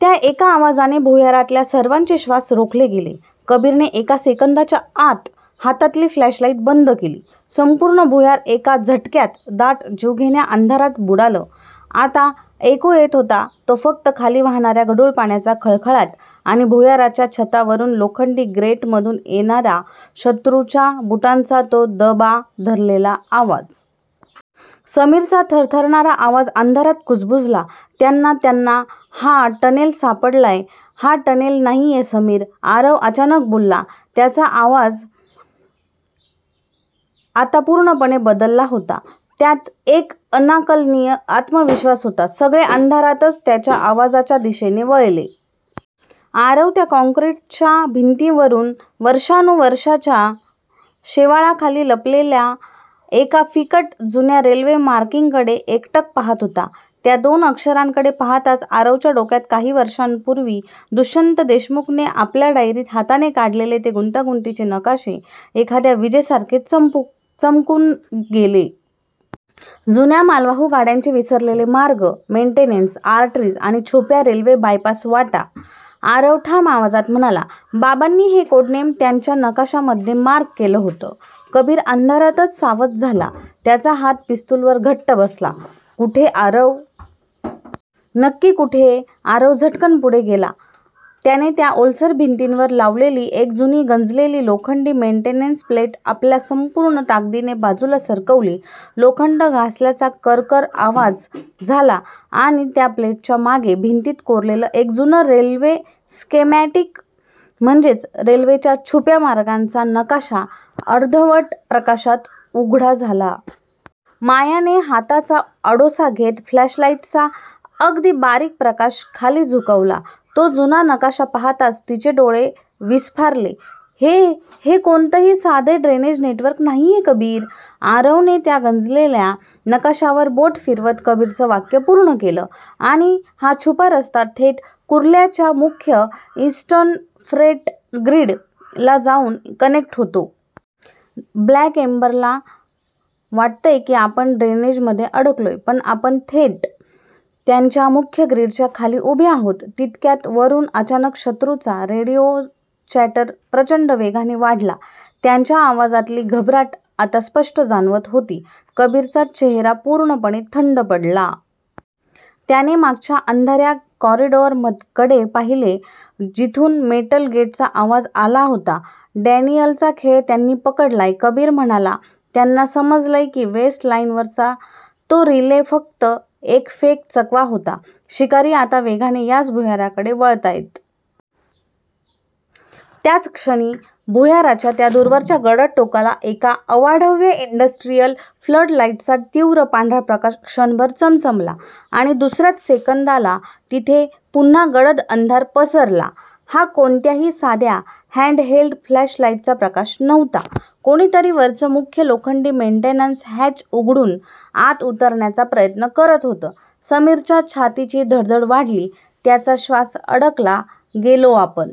त्या एका आवाजाने भुयारातल्या सर्वांचे श्वास रोखले गेले. कबीरने एका सेकंदाच्या आत हातातली फ्लॅशलाईट बंद केली. संपूर्ण भुयार एका झटक्यात दाट, जीवघेण्या अंधारात बुडालं. आता ऐकू येत होता तो फक्त खाली वाहणाऱ्या गढूळ पाण्याचा खळखळाट आणि भुयाराच्या छतावरून, लोखंडी ग्रेटमधून येणारा शत्रूच्या बुटांचा तो दबा धरलेला आवाज. समीरचा थरथरणारा आवाज अंधारात कुजबुजला, "त्यांना त्यांना हा टनेल सापडलाय. हा टनेल नाहीये समीर", आरव अचानक बोलला. त्याचा आवाज आता पूर्णपणे बदलला होता. त्यात एक अनाकलनीय आत्मविश्वास होता. सगळे अंधारातच त्याच्या आवाजाच्या दिशेने वळले. आरव त्या काँक्रीटच्या भिंतीवर वर्षांनुवर्षांच्या शेवाळाखाली लपलेल्या एका फिकट, जुन्या रेल्वे मार्किंगकडे एकटक पाहत होता. त्या दोन अक्षरांकडे पाहताच आरवच्या डोक्यात काही वर्षांपूर्वी दुष्यंत देशमुखने आपल्या डायरीत हाताने काढलेले ते गुंतागुंतीचे नकाशे एखाद्या विजेसारखे चमकून गेले. जुन्या मालवाहू गाड्यांचे विसरलेले मार्ग मेंटेनन्स आर्टरीज आणि छुप्या रेल्वे बायपास वाटा. आरव ठाम आवाजात म्हणाला,"बाबांनी हे कोड नेम त्यांच्या नकाशामध्ये मार्क केलं होतं." कबीर अंधारातच सावध झाला, त्याचा हात पिस्तुलवर घट्ट बसला, "कुठे आरव? नक्की कुठे?" आरव झटकन पुढे गेला. त्याने त्या ओलसर भिंतीवर लावलेली एक जुनी, गंजलेली लोखंडी मेंटेनन्स प्लेट आपल्या संपूर्ण ताकदीने बाजूला सरकवली. लोखंड घासल्याचा करकर आवाज झाला आणि त्या प्लेटच्या मागे भिंतीत कोरलेलं एक जुनं रेल्वे स्केमॅटिक म्हणजेच रेल्वेच्या छुप्या मार्गांचा नकाशा अर्धवट प्रकाशात उघडा झाला. मायाने हाताचा आडोसा घेत फ्लॅशलाईटचा अगदी बारीक प्रकाश खाली झुकवला. तो जुना नकाशा पाहताच तिचे डोळे विस्फारले, "हे हे कोणतंही साधे ड्रेनेज नेटवर्क नाहीये कबीर" आरवने त्या गंजलेल्या नकाशावर बोट फिरवत कबीरचं वाक्य पूर्ण केलं, आणि हा छुपा रस्ता थेट कुर्ल्याच्या मुख्य 'ईस्टर्न फ्रेट ग्रिड'ला जाऊन कनेक्ट होतो. ब्लॅक एम्बरला वाटतंय की आपण ड्रेनेजमध्ये अडकलोय, पण आपण थेट त्यांच्या मुख्य ग्रिडच्या खाली उभे आहोत. तितक्यात वरून अचानक शत्रूचा रेडिओ चॅटर प्रचंड वेगाने वाढला. त्यांच्या आवाजातली घबराट आता स्पष्ट जाणवत होती. कबीरचा चेहरा पूर्णपणे थंड पडला. त्याने मागच्या अंधाऱ्या कॉरिडॉरकडे पाहिले, जिथून मेटल गेटचा आवाज आला होता. "डॅनियलचा खेळ त्यांनी पकडलाय," कबीर म्हणाला. "त्यांना समजलंय की वेस्ट लाईनवरचा तो रिले फक्त एक फेक चकवा होता. शिकारी आता वेगाने याच भुयाराकडे वळतायत." त्याच क्षणी भुयाराच्या त्या दूरवरच्या गडद टोकाला एका अवाढव्य इंडस्ट्रियल फ्लडलाईटचा तीव्र पांढरा प्रकाश क्षणभर चमचमला आणि दुसऱ्याच सेकंदाला तिथे पुन्हा गडद अंधार पसरला. हा कोणत्याही साध्या हँड-हेल्ड फ्लॅशलाईटचा प्रकाश नव्हता. कोणीतरी वरचं मुख्य लोखंडी मेन्टेनन्स हॅच उघडून आत उतरण्याचा प्रयत्न करत होतं. समीरच्या छातीची धडधड वाढली, त्याचा श्वास अडकला, गेलो आपण